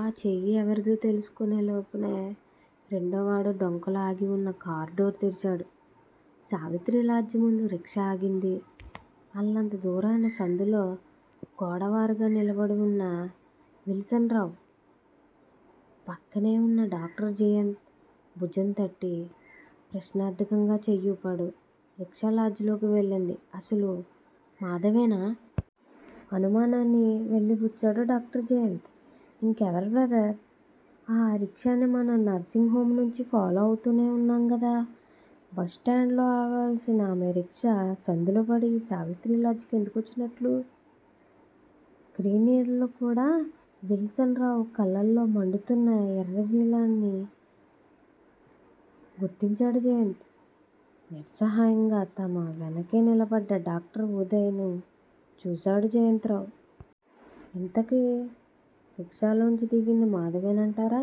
ఆ చెయ్యి ఎవరిదో తెలుసుకొనేలోపునే, రెండోవాడు డొంకలో ఆగివున్న కార్ డోర్ తెరిచాడు. సావిత్రిలాడ్జీ ముందు రిక్షా ఆగింది. అల్లంత దూరంలో సందులో గోడవారగా నిలబడివున్న విల్సన్ రావు, పక్కనేవున్న డాక్టర్ జయంత్ భుజంతట్టి ప్రశ్నార్థకంగా చెయ్యి ఊపాడు. రిక్షా లాడ్జిలోకి వెళ్ళింది అసలు మాధవేనా? అనుమానాన్ని వెలిబుచ్చాడు డాక్టర్ జయంత్. ఇంకెవరు బ్రదర్? ఆ రిక్షాని మనం నర్సింగ్ హొంనుంచి ఫాలో అవుతూనే వున్నాంగదా? బస్ స్టాండులో ఆగాల్సిన ఆమె రిక్షా సందులోపడి ఈ సావిత్రిలాడ్జికి ఎందుకొచ్చినట్టూ? క్రీనీడల్లోకూడా విల్సన్ రావు కళ్ళల్లో మండుతున్న ఎర్రజీరల్ని గుర్తించాడు జయంత్. నిస్సహాయంగా తమ వెనకే నిలబడ్డ డాక్టర్ ఉదయ్ ను చూశాడు జయంత్ రావు. ఇంతకీ రిక్షాలోనుంచి దిగింది మాధవేనంటారా?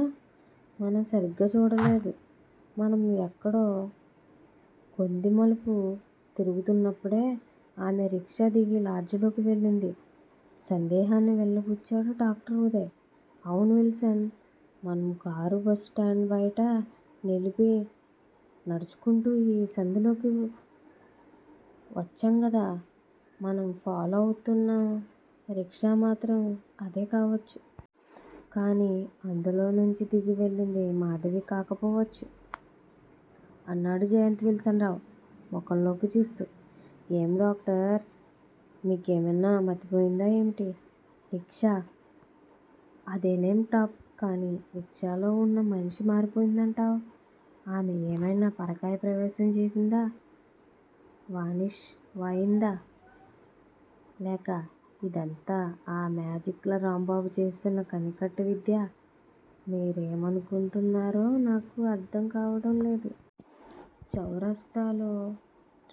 మనం సరిగా చూడలేదు. మనం ఎక్కడో గొందిమలుపు తిరుగుతున్నప్పుడే ఆమె రిక్షా దిగి లాడ్జిలోకి వెళ్ళింది. సందేహాన్ని వెలిబుచ్చాడు డాక్టర్ ఉదయ్. అవును విల్సన్! మనం కారు బస్ స్టాండు బయట నిలిపి నడుచుకొంటూ ఈ సందులోకి వచ్చాంగదా? మనం ఫాలో అవుతున్న రిక్షా మాత్రం అదే కావొచ్చు. కాని అందులోనుంచి దిగి వెళ్ళింది మాధవికాకపోవచ్చు. అన్నాడు జయంత్ విల్సన్ రావు ముఖంలోకి చూస్తూ. ఏం డాక్టర్! మీకేమైనా మతిపోయిందా ఏమిటి? రిక్షా అదేనం టాప్ కాని రిక్షాలో ఉన్న మనిషి మారిపోయిందంటావ్. ఆమె ఏమైనా పరకాయ ప్రవేశం చేసిందా? వానిష్ వాయిందా? లేక ఇదంతా ఆ మేజిక్కుల రాంబాబు చేస్తున్న కనికట్టువిద్యా, మీరేమనుకొంటున్నారో నాకు అర్థంకావడంలేదు. చౌరాస్తాలో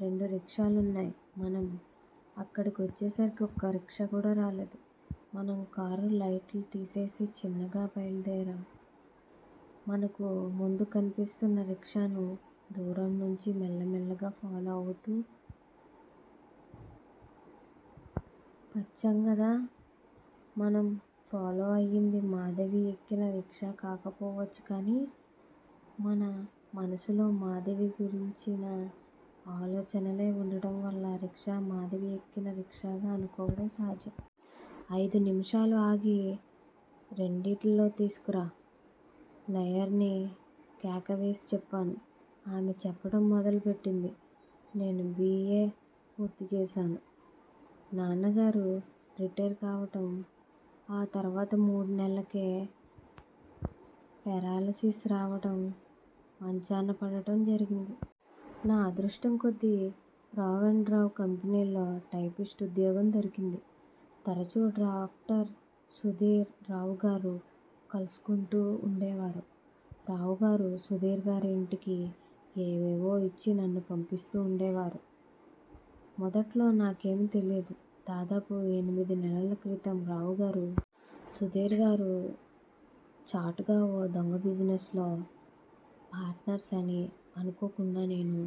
రెండురిక్షాలున్నాయ్. మనం అక్కడికొచ్చేసరికి ఒక్క రిక్షాకూడా రాలేదు. మనం కారు లైట్సుతీసేసి చిన్నగా బయలుదేరాం. మనకు ముందు కన్పిస్తున్న రిక్షాను దూరంనుంచి మెల్లమెల్లగా ఫాలో అవుతూ పచ్చాంగదా? మనం ఫాలో అయింది మాధవి ఎక్కినా రిక్షా కాకపోవచ్చు కాని మన మనసులో మాధవి గురించిన ఆలోచనలే ఉండటంవల్ల రిక్షా మాధవి ఎక్కినా రిక్షాగా అనుకోవడం సహజం. ఐదు నిముషాలు ఆగి రెండు టీలు తీసుకురా! నాయర్ ని కేక వేసి చెప్పాను. ఆమె చెప్పటం మొదలు పెట్టింది- నేను బి. ఏ. పూర్తి చేశాను. నాన్నగారు రిటైర్ కావటం, ఆ తర్వాత మూడు నెలలకే పెరాల్ సీస్ రావటం, మంచాన పడటం జరిగింది. నా అదృష్టం కొద్దీ రావ్ అండ్ రావ్ కంపెనీలో టైపిస్టు ఉద్యోగం దొరికింది. తరచు డాక్టర్ సుధీర్, రావుగారు కల్సుకుంటూ వుండేవారు. రావుగారు సుధీర్ గారి ఇంటికి ఏవేవో ఇచ్చి నన్ను పంపిస్తూ వుండేవారు. మొదట్లో నాకేమీ తెలియదు. దాదాపు ఎనిమిది నెలల క్రితం రావుగారు, సుధీర్ గారూ చాటుగా ఓ దొంగా బిజినెస్ లో పార్టనర్స్ అని అనుకోకుండా నేను